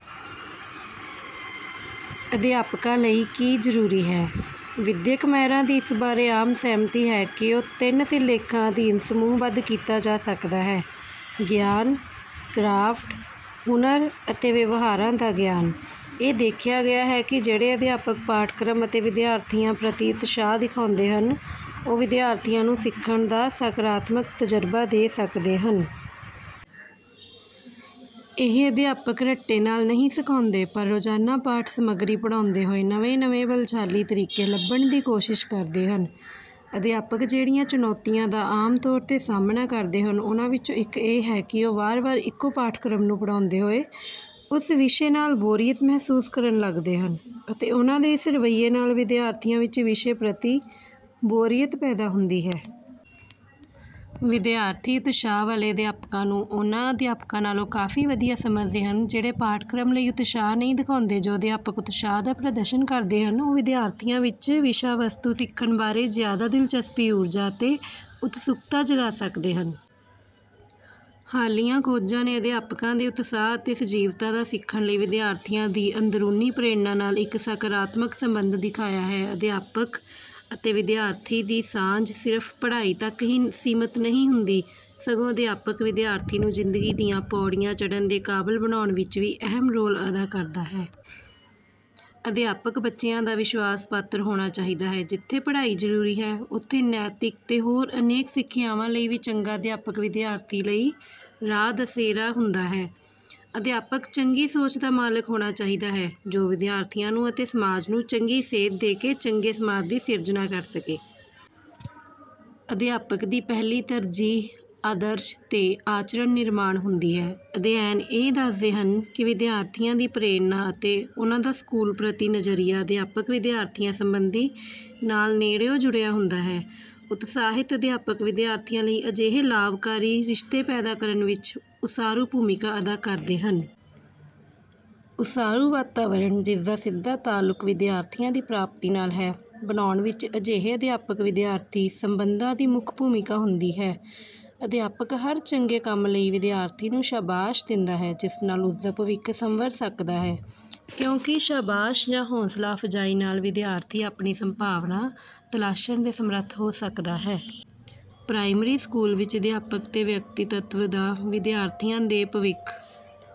ਅਧਿਆਪਕਾਂ ਲਈ ਕੀ ਜ਼ਰੂਰੀ ਹੈ? ਵਿੱਦਿਅਕ ਮਾਹਿਰਾਂ ਦੀ ਇਸ ਬਾਰੇ ਆਮ ਸਹਿਮਤੀ ਹੈ ਕਿ ਉਹ ਤਿੰਨ ਸਿਰਲੇਖਾਂ ਅਧੀਨ ਸਮੂਹਬੱਧ ਕੀਤਾ ਜਾ ਸਕਦਾ ਹੈ: ਗਿਆਨ, ਕਰਾਫਟ ਹੁਨਰ ਅਤੇ ਵਿਵਹਾਰਾਂ ਦਾ ਗਿਆਨ। ਇਹ ਦੇਖਿਆ ਗਿਆ ਹੈ ਕਿ ਜਿਹੜੇ ਅਧਿਆਪਕ ਪਾਠਕ੍ਰਮ ਅਤੇ ਵਿਦਿਆਰਥੀਆਂ ਪ੍ਰਤੀ ਉਤਸ਼ਾਹ ਦਿਖਾਉਂਦੇ ਹਨ, ਉਹ ਵਿਦਿਆਰਥੀਆਂ ਨੂੰ ਸਿੱਖਣ ਦਾ ਸਕਾਰਾਤਮਕ ਤਜ਼ਰਬਾ ਦੇ ਸਕਦੇ ਹਨ। ਇਹ ਅਧਿਆਪਕ ਰੱਟੇ ਨਾਲ ਨਹੀਂ ਸਿਖਾਉਂਦੇ, ਪਰ ਰੋਜ਼ਾਨਾ ਪਾਠ ਸਮੱਗਰੀ ਪੜ੍ਹਾਉਂਦੇ ਹੋਏ ਨਵੇਂ-ਨਵੇਂ ਬਲਸ਼ਾਲੀ ਤਰੀਕੇ ਲੱਭਣ ਦੀ ਕੋਸ਼ਿਸ਼ ਕਰਦੇ ਹਨ। ਅਧਿਆਪਕ ਜਿਹੜੀਆਂ ਚੁਣੌਤੀਆਂ ਦਾ ਆਮ ਤੌਰ 'ਤੇ ਸਾਹਮਣਾ ਕਰਦੇ ਹਨ, ਉਹਨਾਂ ਵਿੱਚੋਂ ਇੱਕ ਇਹ ਹੈ ਕਿ ਉਹ ਵਾਰ-ਵਾਰ ਇੱਕੋ ਪਾਠਕ੍ਰਮ ਨੂੰ ਪੜ੍ਹਾਉਂਦੇ ਹੋਏ ਉਸ ਵਿਸ਼ੇ ਨਾਲ ਬੋਰੀਅਤ ਮਹਿਸੂਸ ਕਰਨ ਲੱਗਦੇ ਹਨ, ਅਤੇ ਉਹਨਾਂ ਦੇ ਇਸ ਰਵੱਈਏ ਨਾਲ ਵਿਦਿਆਰਥੀਆਂ ਵਿੱਚ ਵਿਸ਼ੇ ਪ੍ਰਤੀ ਬੋਰੀਅਤ ਪੈਦਾ ਹੁੰਦੀ ਹੈ। ਵਿਦਿਆਰਥੀ ਉਤਸ਼ਾਹ ਵਾਲੇ ਅਧਿਆਪਕਾਂ ਨੂੰ ਉਨ੍ਹਾਂ ਅਧਿਆਪਕਾਂ ਨਾਲੋਂ ਕਾਫੀ ਵਧੀਆ ਸਮਝਦੇ ਹਨ ਜਿਹੜੇ ਪਾਠਕ੍ਰਮ ਲਈ ਉਤਸ਼ਾਹ ਨਹੀਂ ਦਿਖਾਉਂਦੇ। ਜੋ ਅਧਿਆਪਕ ਉਤਸ਼ਾਹ ਦਾ ਪ੍ਰਦਰਸ਼ਨ ਕਰਦੇ ਹਨ, ਉਹ ਵਿਦਿਆਰਥੀਆਂ ਵਿੱਚ ਵਿਸ਼ਾ-ਵਸਤੂ ਸਿੱਖਣ ਬਾਰੇ ਜ਼ਿਆਦਾ ਦਿਲਚਸਪੀ, ਊਰਜਾ ਅਤੇ ਉਤਸੁਕਤਾ ਜਗਾ ਸਕਦੇ ਹਨ। ਹਾਲੀਆ ਖੋਜਾਂ ਨੇ ਅਧਿਆਪਕਾਂ ਦੇ ਉਤਸਾਹ ਅਤੇ ਸਜੀਵਤਾ ਦਾ ਸਿੱਖਣ ਲਈ ਵਿਦਿਆਰਥੀਆਂ ਦੀ ਅੰਦਰੂਨੀ ਪ੍ਰੇਰਣਾ ਨਾਲ ਇੱਕ ਸਕਾਰਾਤਮਕ ਸਬੰਧ ਦਿਖਾਇਆ ਹੈ। ਅਧਿਆਪਕ ਅਤੇ ਵਿਦਿਆਰਥੀ ਦੀ ਸਾਂਝ ਸਿਰਫ਼ ਪੜ੍ਹਾਈ ਤੱਕ ਹੀ ਸੀਮਤ ਨਹੀਂ ਹੁੰਦੀ, ਸਗੋਂ ਅਧਿਆਪਕ ਵਿਦਿਆਰਥੀ ਨੂੰ ਜ਼ਿੰਦਗੀ ਦੀਆਂ ਪੌੜੀਆਂ ਚੜ੍ਹਨ ਦੇ ਕਾਬਲ ਬਣਾਉਣ ਵਿੱਚ ਵੀ ਅਹਿਮ ਰੋਲ ਅਦਾ ਕਰਦਾ ਹੈ। ਅਧਿਆਪਕ ਬੱਚਿਆਂ ਦਾ ਵਿਸ਼ਵਾਸ-ਪਾਤਰ ਹੋਣਾ ਚਾਹੀਦਾ ਹੈ। ਜਿੱਥੇ ਪੜ੍ਹਾਈ ਜ਼ਰੂਰੀ ਹੈ, ਉੱਥੇ ਨੈਤਿਕ ਤੇ ਹੋਰ ਅਨੇਕਾਂ ਸਿੱਖਿਆਵਾਂ ਲਈ ਵੀ ਚੰਗਾ ਅਧਿਆਪਕ ਵਿਦਿਆਰਥੀ ਲਈ ਰਾਹ-ਦਸੇਰਾ ਹੁੰਦਾ ਹੈ। ਅਧਿਆਪਕ ਚੰਗੀ ਸੋਚ ਦਾ ਮਾਲਕ ਹੋਣਾ ਚਾਹੀਦਾ ਹੈ, ਜੋ ਵਿਦਿਆਰਥੀਆਂ ਨੂੰ ਅਤੇ ਸਮਾਜ ਨੂੰ ਚੰਗੀ ਸੇਧ ਦੇ ਕੇ ਚੰਗੇ ਸਮਾਜ ਦੀ ਸਿਰਜਣਾ ਕਰ ਸਕੇ। ਅਧਿਆਪਕ ਦੀ ਪਹਿਲੀ ਤਰਜੀਹ ਆਦਰਸ਼ ਤੇ ਆਚਰਣ ਨਿਰਮਾਣ ਹੁੰਦੀ ਹੈ। ਅਧਿਐਨ ਇਹ ਦੱਸਦੇ ਹਨ ਕਿ ਵਿਦਿਆਰਥੀਆਂ ਦੀ ਪ੍ਰੇਰਨਾ ਅਤੇ ਉਹਨਾਂ ਦਾ ਸਕੂਲ ਪ੍ਰਤੀ ਨਜ਼ਰੀਆ ਅਧਿਆਪਕ-ਵਿਦਿਆਰਥੀ ਸੰਬੰਧਾਂ ਨਾਲ ਨੇੜਿਓਂ ਜੁੜਿਆ ਹੋਇਆ ਹੈ। ਉਤਸਾਹਿਤ ਅਧਿਆਪਕ ਵਿਦਿਆਰਥੀਆਂ ਲਈ ਅਜਿਹੇ ਲਾਭਕਾਰੀ ਰਿਸ਼ਤੇ ਪੈਦਾ ਕਰਨ ਵਿੱਚ ਉਸਾਰੂ ਭੂਮਿਕਾ ਅਦਾ ਕਰਦੇ ਹਨ। ਉਸਾਰੂ ਵਾਤਾਵਰਣ, ਜਿਸ ਦਾ ਸਿੱਧਾ ਤਾਅਲੁਕ ਵਿਦਿਆਰਥੀਆਂ ਦੀ ਪ੍ਰਾਪਤੀ ਨਾਲ ਹੈ, ਬਣਾਉਣ ਵਿੱਚ ਅਜਿਹੇ ਅਧਿਆਪਕ-ਵਿਦਿਆਰਥੀ ਸੰਬੰਧਾਂ ਦੀ ਮੁੱਖ ਭੂਮਿਕਾ ਹੁੰਦੀ ਹੈ। ਅਧਿਆਪਕ ਹਰ ਚੰਗੇ ਕੰਮ ਲਈ ਵਿਦਿਆਰਥੀ ਨੂੰ ਸ਼ਾਬਾਸ਼ ਦਿੰਦਾ ਹੈ, ਜਿਸ ਨਾਲ ਉਸ ਦਾ ਭਵਿੱਖ ਸੰਵਰ ਸਕਦਾ ਹੈ, ਕਿਉਂਕਿ ਸ਼ਾਬਾਸ਼ ਜਾਂ ਹੌਂਸਲਾ-ਅਫਜ਼ਾਈ ਨਾਲ ਵਿਦਿਆਰਥੀ ਆਪਣੀ ਸੰਭਾਵਨਾ ਤਲਾਸ਼ਣ ਦੇ ਸਮਰੱਥ ਹੋ ਸਕਦਾ ਹੈ। ਪ੍ਰਾਇਮਰੀ ਸਕੂਲ ਵਿੱਚ ਅਧਿਆਪਕ ਦੇ ਵਿਅਕਤਿਤ੍ਵ ਦਾ ਵਿਦਿਆਰਥੀਆਂ ਦੇ ਭਵਿੱਖ